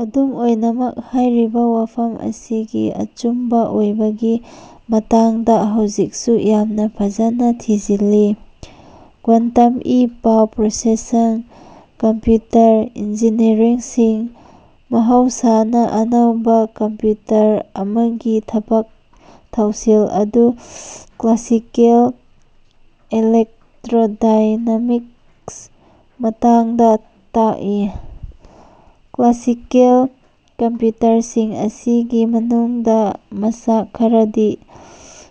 ꯑꯗꯨꯝ ꯑꯣꯏꯅꯃꯛ, ꯍꯥꯏꯔꯤꯕ ꯋꯥꯐꯝ ꯑꯁꯤꯒꯤ ꯑꯆꯨꯝꯕ ꯑꯣꯏꯕꯒꯤ ꯃꯇꯥꯡꯗ ꯍꯧꯖꯤꯛꯁꯨ ꯌꯥꯝꯅ ꯐꯖꯅ ꯊꯤꯖꯤꯜꯂꯤ꯫ ꯀ꯭ꯋꯥꯟꯇꯝ ꯏ-ꯄꯥꯎ ꯄ꯭ꯔꯣꯁꯦꯁꯟ ꯀꯝꯄ꯭ꯌꯨꯇꯔ ꯏꯟꯖꯤꯅꯤꯌꯔꯁꯤꯡ ꯃꯍꯧꯁꯥꯅ ꯑꯅꯧꯕ ꯀꯝꯄ꯭ꯌꯨꯇꯔ ꯑꯃꯒꯤ ꯊꯕꯛ-ꯊꯧꯁꯤꯜ ꯑꯗꯨ ꯀ꯭ꯂꯥꯁꯤꯀꯦꯜ ꯏꯂꯦꯛꯇ꯭ꯔꯣꯗꯥꯏꯅꯥꯃꯤꯛꯁ ꯃꯇꯥꯡꯗ ꯇꯥꯛꯏ꯫"ꯀ꯭ꯂꯥꯁꯤꯀꯦꯜ" ꯀꯝꯄ꯭ꯌꯨꯇꯔꯁꯤꯡ ꯑꯁꯤꯒꯤ ꯃꯅꯨꯡꯗ, ꯃꯆꯥꯛ ꯈꯔꯗꯤ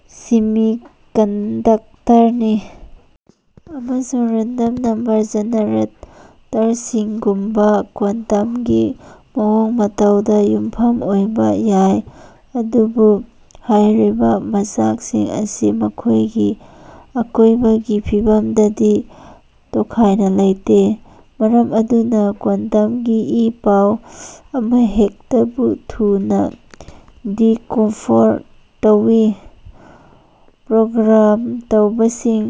(ꯁꯦꯃꯤꯀꯟꯗꯛꯇꯔꯅꯤ ꯑꯃꯁꯨꯡ ꯔꯦꯟꯗꯣꯝ ꯅꯝꯕꯔ ꯖꯤꯅꯔꯦꯇꯔꯁꯤꯡꯒꯨꯝꯕ) ꯀ꯭ꯋꯥꯟꯇꯝꯒꯤ ꯃꯑꯣꯡ-ꯃꯇꯧꯗ ꯌꯨꯝꯐꯝ ꯑꯣꯏꯕ ꯌꯥꯏ, ꯑꯗꯨꯕꯨ ꯍꯥꯏꯔꯤꯕ ꯃꯆꯥꯛꯁꯤꯡ ꯑꯁꯤ ꯃꯈꯣꯏꯒꯤ ꯑꯀꯣꯏꯕꯒꯤ ꯐꯤꯚꯝꯗꯗꯤ ꯇꯣꯈꯥꯏꯅ ꯂꯩꯇꯦ, ꯃꯔꯝ ꯑꯗꯨꯅ ꯀ꯭ꯋꯥꯟꯇꯝꯒꯤ ꯏ-ꯄꯥꯎ ꯑꯃꯍꯦꯛꯇꯕꯨ ꯊꯨꯅ ꯗꯤꯀꯣꯐꯣꯔ ꯇꯧꯋꯤ꯫ꯄ꯭ꯔꯣꯒ꯭ꯔꯥꯝ ꯇꯧꯕꯁꯤꯡ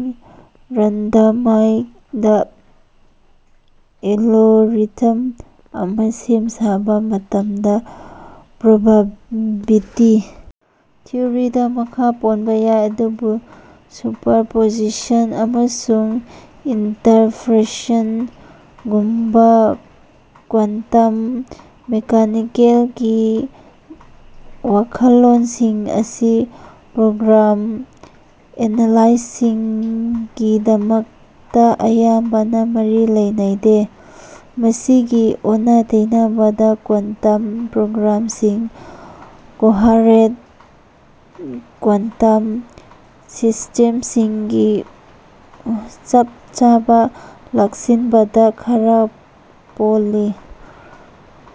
ꯔꯦꯟꯗꯃꯥꯏꯗ ꯑꯦꯂꯣꯔꯤꯊꯝ ꯑꯃ ꯁꯦꯝꯁꯥꯕ ꯃꯇꯝꯗ ꯄ꯭ꯔꯣꯕꯥꯕꯤꯇꯤ ꯊꯤꯑꯣꯔꯤꯗ ꯃꯈꯥ ꯄꯣꯟꯕ ꯌꯥꯏ ꯑꯗꯨꯕꯨ ꯁꯨꯄꯔꯄꯣꯖꯤꯁꯟ ꯑꯃꯁꯨꯡ ꯏꯟꯇꯔꯐꯔꯦꯁꯟꯒꯨꯝꯕ ꯀ꯭ꯋꯥꯟꯇꯝ ꯃꯦꯀꯥꯅꯤꯀꯦꯜꯒꯤ ꯋꯥꯈꯜꯂꯣꯟꯁꯤꯡ ꯑꯁꯤ ꯄ꯭ꯔꯣꯒ꯭ꯔꯥꯝ ꯑꯦꯅꯥꯂꯥꯏꯁꯤꯁꯒꯤꯗꯃꯛꯇ ꯑꯌꯥꯝꯕꯅ ꯃꯔꯤ ꯂꯩꯅꯩꯗꯦ꯫ ꯃꯁꯤꯒꯤ ꯑꯣꯟꯅ-ꯇꯩꯅꯕꯗ, ꯀ꯭ꯋꯥꯟꯇꯝ ꯄ꯭ꯔꯣꯒ꯭ꯔꯥꯝꯁꯤꯡ ꯀꯣꯍꯔꯦꯟꯠ ꯀ꯭ꯋꯥꯟꯇꯝ ꯁꯤꯁ꯭ꯇꯦꯝꯁꯤꯡꯒꯤ ꯆꯞ-ꯆꯥꯕ ꯂꯥꯛꯁꯤꯟꯕꯗ ꯈꯔ ꯄꯣꯜꯂꯤ꯫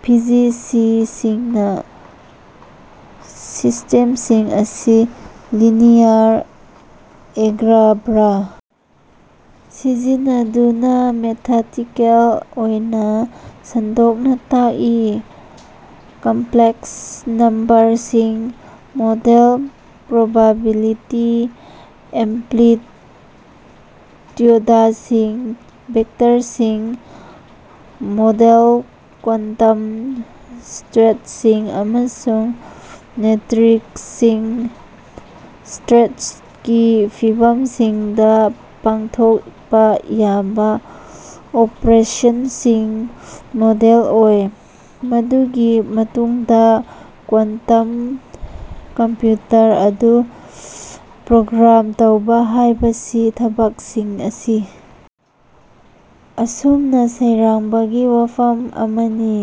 ꯐꯤꯖꯤꯁꯤꯁꯁꯤꯡꯅ ꯁꯤꯁꯇꯦꯝꯁꯤꯡ ꯑꯁꯤ ꯂꯤꯅꯤꯌꯔ ꯑꯦꯒ꯭ꯂꯥꯕ꯭ꯔꯥ ꯁꯤꯖꯤꯟꯅꯗꯨꯅ ꯃꯦꯊꯇꯤꯀꯦꯜ ꯑꯣꯏꯅ ꯁꯟꯗꯣꯛꯅ ꯇꯥꯛꯏ꯫ ꯀꯝꯄ꯭ꯂꯦꯛꯁ ꯅꯝꯕꯔꯁꯤꯡ ꯃꯣꯗꯦꯜ ꯄ꯭ꯔꯣꯕꯥꯕꯤꯂꯤꯇꯤ ꯑꯝꯄ꯭ꯂꯤꯇ꯭ꯌꯨꯗꯁꯤꯡ, ꯚꯦꯛꯇꯔꯁꯤꯡ ꯃꯣꯗꯜ ꯀ꯭ꯋꯥꯟꯇꯝ ꯁ꯭ꯇꯦꯠꯁꯤꯡ, ꯑꯃꯁꯨꯡ ꯃꯦꯇ꯭ꯔꯤꯛꯁꯤꯡ ꯁ꯭ꯇꯦꯠꯀꯤ ꯐꯤꯕꯝꯁꯤꯡꯗ ꯄꯥꯡꯊꯣꯛꯄ ꯌꯥꯕ ꯑꯣꯄꯔꯦꯁꯟꯁꯤꯡ ꯃꯣꯗꯦꯜ ꯑꯣꯏ꯫ ꯃꯗꯨꯒꯤ ꯃꯇꯨꯡꯗ ꯀ꯭ꯋꯥꯟꯇꯝ ꯀꯝꯄ꯭ꯌꯨꯇꯔ ꯑꯗꯨ ꯄ꯭ꯔꯣꯒ꯭ꯔꯥꯝ ꯇꯧꯕ ꯍꯥꯏꯕꯁꯤ ꯊꯕꯛꯁꯤꯡ ꯑꯁꯤ ꯑꯁꯨꯝꯅ ꯁꯩꯔꯥꯡꯕꯒꯤ ꯋꯥꯐꯝ ꯑꯃꯅꯤ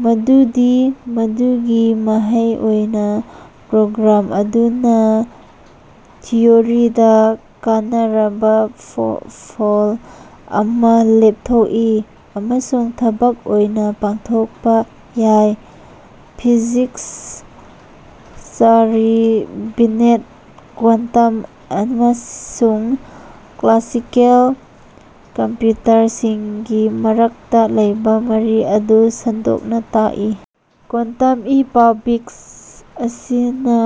ꯃꯗꯨꯗꯤ ꯃꯗꯨꯒꯤ ꯃꯍꯩ ꯑꯣꯏꯅ ꯄ꯭ꯔꯣꯒ꯭ꯔꯥꯝ ꯑꯗꯨꯅ ꯊꯤꯑꯣꯔꯤꯗ ꯀꯥꯟꯅꯔꯕ ꯐꯣꯜ ꯑꯃ ꯂꯦꯞꯊꯣꯛꯏ ꯑꯃꯁꯨꯡ ꯊꯕꯛ ꯑꯣꯏꯅ ꯄꯥꯡꯊꯣꯛꯄ ꯌꯥꯏ꯫ ꯐꯤꯖꯤꯛ꯭ꯁ ꯆꯥꯔꯂꯤ ꯕꯦꯅꯦꯠ ꯀ꯭ꯋꯥꯟꯇꯝ ꯑꯃꯁꯨꯡ ꯀ꯭ꯂꯥꯁꯤꯀꯦꯜ ꯀꯝꯄ꯭ꯌꯨꯇꯔꯁꯤꯡꯒꯤ ꯃꯔꯛꯇ ꯂꯩꯕ ꯃꯔꯤ ꯑꯗꯨ ꯁꯟꯗꯣꯛꯅ ꯇꯥꯛꯂꯤ, ꯀ꯭ꯋꯥꯟꯇꯝ ꯏ-ꯄꯥꯎ ꯕꯤꯠ ꯑꯁꯤꯅ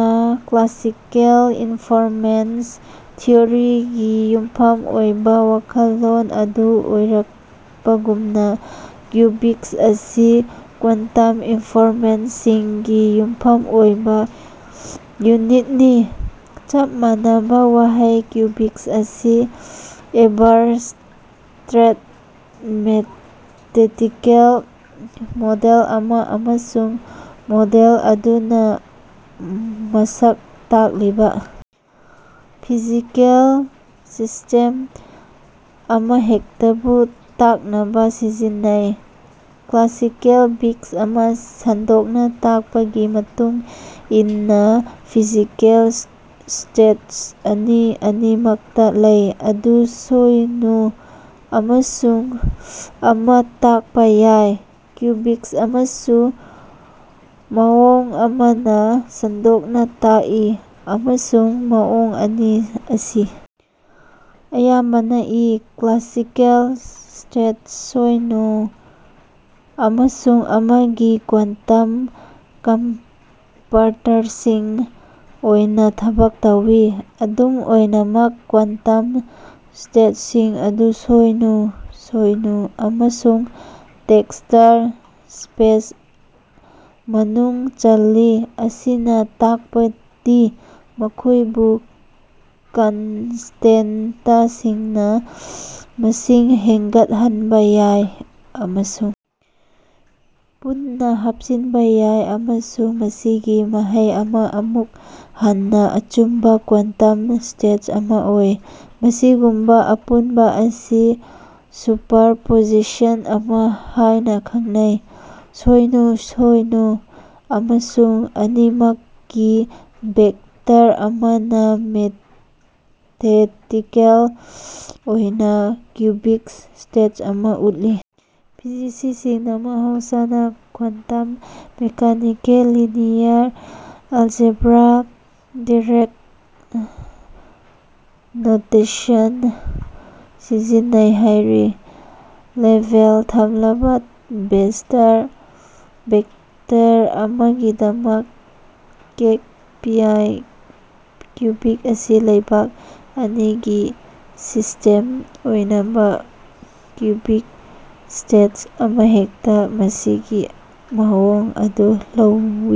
ꯀ꯭ꯂꯥꯁꯤꯀꯦꯜ ꯏꯟꯐꯣꯔꯃꯦꯟꯁ ꯊꯤꯑꯣꯔꯤꯒꯤ ꯌꯨꯝꯐꯝ ꯑꯣꯏꯕ ꯋꯥꯈꯜꯂꯣꯟ ꯑꯗꯨ ꯑꯣꯏꯔꯛꯄꯒꯨꯝꯅ, ꯀ꯭ꯌꯨꯕꯤꯠ ꯑꯁꯤ ꯀ꯭ꯋꯥꯟꯇꯝ ꯏꯟꯐꯣꯔꯃꯦꯟꯁꯤꯡꯒꯤ ꯌꯨꯝꯐꯝ ꯑꯣꯏꯕ ꯌꯨꯅꯤꯠꯅꯤ꯫ ꯆꯞ ꯃꯥꯟꯅꯕ ꯋꯥꯍꯩ ꯀ꯭ꯌꯨꯕꯤꯛ ꯑꯁꯤ ꯑꯦꯕ꯭ꯔꯁ꯭ꯇ꯭ꯔꯦꯛ ꯃꯦꯊꯦꯇꯤꯀꯦꯜ ꯃꯣꯗꯦꯜ ꯑꯃ ꯑꯃꯁꯨꯡ ꯃꯣꯗꯦꯜ ꯑꯗꯨꯅ ꯃꯁꯛ ꯇꯥꯛꯂꯤꯕ ꯐꯤꯖꯤꯀꯦꯜ ꯁꯤꯁ꯭ꯇꯦꯝ ꯑꯃꯍꯦꯛꯇꯕꯨ ꯇꯥꯛꯅꯕ ꯁꯤꯖꯤꯟꯅꯩ꯫ ꯀ꯭ꯂꯥꯁꯤꯀꯦꯜ ꯕꯤꯠ ꯑꯃ, ꯁꯟꯗꯣꯛꯅ ꯇꯥꯛꯄꯒꯤ ꯃꯇꯨꯡ ꯏꯟꯅ, ꯐꯤꯖꯤꯀꯦꯜ ꯁ꯭ꯇꯦꯠ ꯑꯅꯤ ꯑꯅꯤꯃꯛꯇ ꯂꯩ, ꯑꯗꯨ ꯁꯣꯏꯅꯣ ꯑꯃꯁꯨꯡ ꯑꯃ ꯇꯥꯛꯄ ꯌꯥꯏ꯫ ꯀ꯭ꯌꯨꯕꯤꯠ ꯑꯃꯁꯨ ꯃꯑꯣꯡ ꯑꯃꯅ ꯁꯟꯗꯣꯛꯅ ꯇꯥꯛꯏ, ꯑꯃꯁꯨꯡ ꯃꯑꯣꯡ ꯑꯅꯤ ꯑꯁꯤ ꯑꯌꯥꯝꯕꯅ ꯏ꯫ ꯀ꯭ꯂꯥꯁꯤꯀꯦꯜ ꯁ꯭ꯇꯦꯠ ꯁꯣꯏꯅꯣ ꯑꯃꯁꯨꯡ ꯑꯃ ꯒꯤ ꯀ꯭ꯋꯥꯟꯇꯝ ꯀꯝꯄꯥꯔꯇꯔꯁꯤꯡ ꯑꯣꯏꯅ ꯊꯕꯛ ꯇꯧꯋꯤ꯫ ꯑꯗꯨꯝ ꯑꯣꯏꯅꯃꯛ, ꯀ꯭ꯋꯥꯟꯇꯝ ꯁ꯭ꯇꯦꯠꯁꯤꯡ ꯑꯗꯨ ꯁꯣꯏꯅꯣ ꯁꯣꯏꯅꯣ ꯑꯃꯁꯨꯡ ꯇꯦꯛ꯭ꯁꯇꯔ ꯁ꯭ꯄꯦꯁ ꯃꯅꯨꯡ ꯆꯜꯂꯤ, ꯑꯁꯤꯅ ꯇꯥꯛꯄꯗꯤ ꯃꯈꯣꯏꯕꯨ ꯀꯟꯁꯇꯦꯟꯇꯁꯤꯡꯅ ꯃꯁꯤꯡ ꯍꯦꯟꯒꯠꯍꯟꯕ ꯌꯥꯏ ꯑꯃꯁꯨꯡ ꯄꯨꯟꯅ ꯍꯥꯞꯆꯤꯟꯕ ꯌꯥꯏ, ꯑꯃꯁꯨꯡ ꯃꯁꯤꯒꯤ ꯃꯍꯩ ꯑꯃ ꯑꯃꯨꯛ ꯍꯟꯅ ꯑꯆꯨꯝꯕ ꯀ꯭ꯋꯥꯟꯇꯝ ꯁ꯭ꯇꯦꯠ ꯑꯃ ꯑꯣꯏ꯫ ꯑꯁꯤꯒꯨꯝꯕ ꯑꯄꯨꯟꯕ ꯑꯁꯤ ꯁꯨꯄꯔꯄꯣꯖꯤꯁꯟ ꯑꯃ ꯍꯥꯏꯅ ꯈꯪꯅꯩ꯫ ꯁꯣꯏꯅꯣ ꯁꯣꯏꯅꯣ ꯑꯃꯁꯨꯡ ꯑꯅꯤꯃꯛꯀꯤ ꯚꯦꯛꯇꯔ ꯑꯃꯅ ꯃꯦꯊꯦꯇꯤꯀꯦꯜ ꯑꯣꯏꯅ ꯀ꯭ꯌꯨꯕꯤꯠ ꯁ꯭ꯇꯦꯠ ꯑꯃ ꯎꯠꯂꯤ꯫ ꯐꯤꯖꯤꯁꯤꯁꯤꯡꯅ ꯃꯍꯧꯁꯥꯅ quantum mechanical linear algebra Dirac notation ꯁꯤꯖꯤꯟꯅꯩ, ꯍꯥꯏꯔꯤ꯫ ꯂꯦꯕꯦꯜ ꯊꯝꯂꯕ ꯚꯦꯛ꯭ꯁꯇꯔ ꯚꯦꯛꯇꯔ ꯑꯃꯒꯤꯗꯃꯛ 'ꯀꯦꯠ ꯄꯤꯌꯥꯏ'꯫ ꯀ꯭ꯌꯨꯕꯤꯠ ꯑꯁꯤ ꯂꯩꯕꯥꯛ ꯑꯅꯤꯒꯤ ꯁꯤꯁꯇꯦꯝ ꯑꯣꯏꯕꯅ, ꯀ꯭ꯌꯕꯤꯠ ꯁ꯭ꯇꯦꯠ ꯑꯃꯍꯦꯛꯇꯅ ꯃꯁꯤꯒꯤ ꯃꯑꯣꯡ ꯑꯗꯨ ꯂꯧꯋꯤ꯫